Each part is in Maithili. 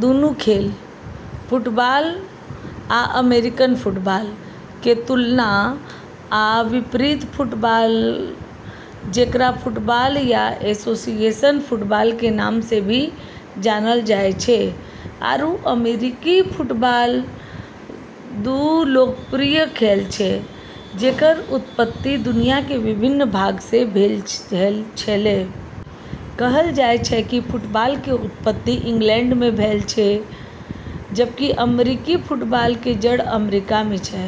दुनू खेल - फुटबॉल आ अमेरिकन फुटबॉल - के तुलना आ विपरीतफुटबॉल, जेकरा फुटबॉल या एसोसिएशन फुटबॉल के नाम से भी जानल जाय छै, आरू अमेरिकी फुटबॉल, दू लोकप्रिय खेल छै जेकर उत्पत्ति दुनिया के विभिन्न भाग से भेल छेलै। कहल जाय छै कि फुटबॉल के उत्पत्ति इंग्लैंड में भेल छै, जबकि अमेरिकी फुटबॉल के जड़ अमेरिका में छै।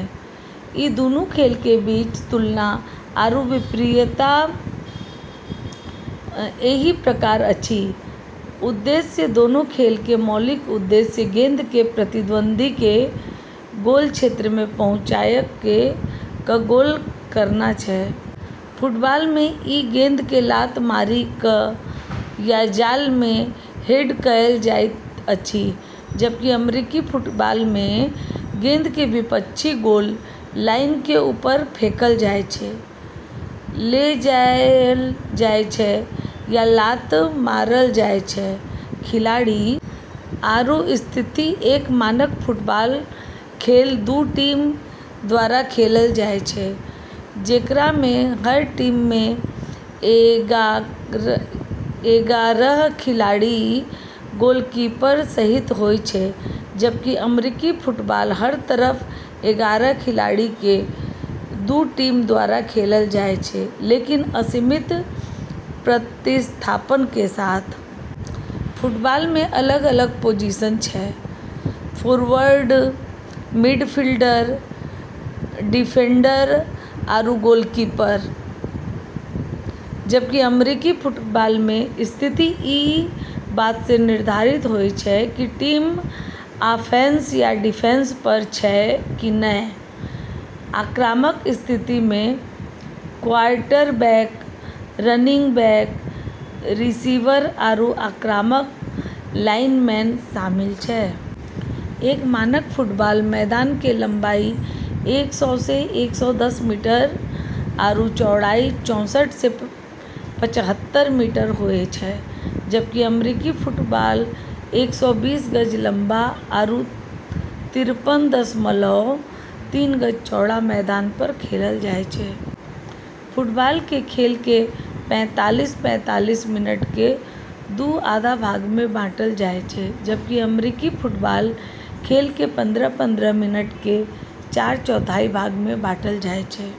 ई दूनू खेल के बीच तुलना आरू विपरीतता एहि प्रकार अछि। उद्देश्य दोनों खेल के मौलिक उद्देश्य गेंद के प्रतिद्वंदी के गोल क्षेत्र में पहुँचाय क गोल करना छै। फुटबॉल में ई गेंद के लात मारि क या जाल में हेड कयल जाइत अछि। जबकि अमेरिकी फुटबॉल में गेंद के विपक्षी गोल लाइन के ऊपर फेंकल जाय छै, ले जायल जाय छै या लात मारल जाय छै। खिलाड़ी आरू स्थितिएक मानक फुटबॉल खेल दू टीम द्वारा खेलल जाय छै, जेकरा में हर टीम में एगारह खिलाड़ी गोलकीपर सहित होय छै। जबकि अमेरिकी फुटबॉल हर तरफ एगारह खिलाड़ी के दू टीम द्वारा खेलल जाय छै, लेकिन असीमित प्रतिस्थापन के साथ। फुटबॉल में अलग-अलग पोजीशन छै। फोरवर्ड, मिडफील्डर, डिफेंडर आरू गोलकीपर। जबकि अमेरिकी फुटबॉल में स्थिति ई बात से निर्धारित होय छै कि टीम आफैंस या डिफेंस पर छै कि नै। आक्रामक स्थिति में क्वार्टरबैक, रनिंग बैक, रिसीवर आरू आक्रामक लाइनमैन शामिल छै। एक मानक फुटबॉल मैदान के लम्बाई एक सौ से एक सौ दस मीटर आरू चौड़ाई चौंसठ से पचहत्तर मीटर होय छै। जबकि अमेरिकी फुटबॉल एक सौ बीस गज लम्बा आरू तिरपन दशमलव तीन गज चौड़ा मैदान पर खेलल जाय छै। फुटबॉल के खेल के पैंतालीस पैंतालीस मिनट के दू आधा भाग में बाँटल जाय छै। जबकि अमेरिकी फुटबॉल खेल के पंद्रह पंद्रह मिनट के चार चौथाई भाग में बाँटल जाय छै।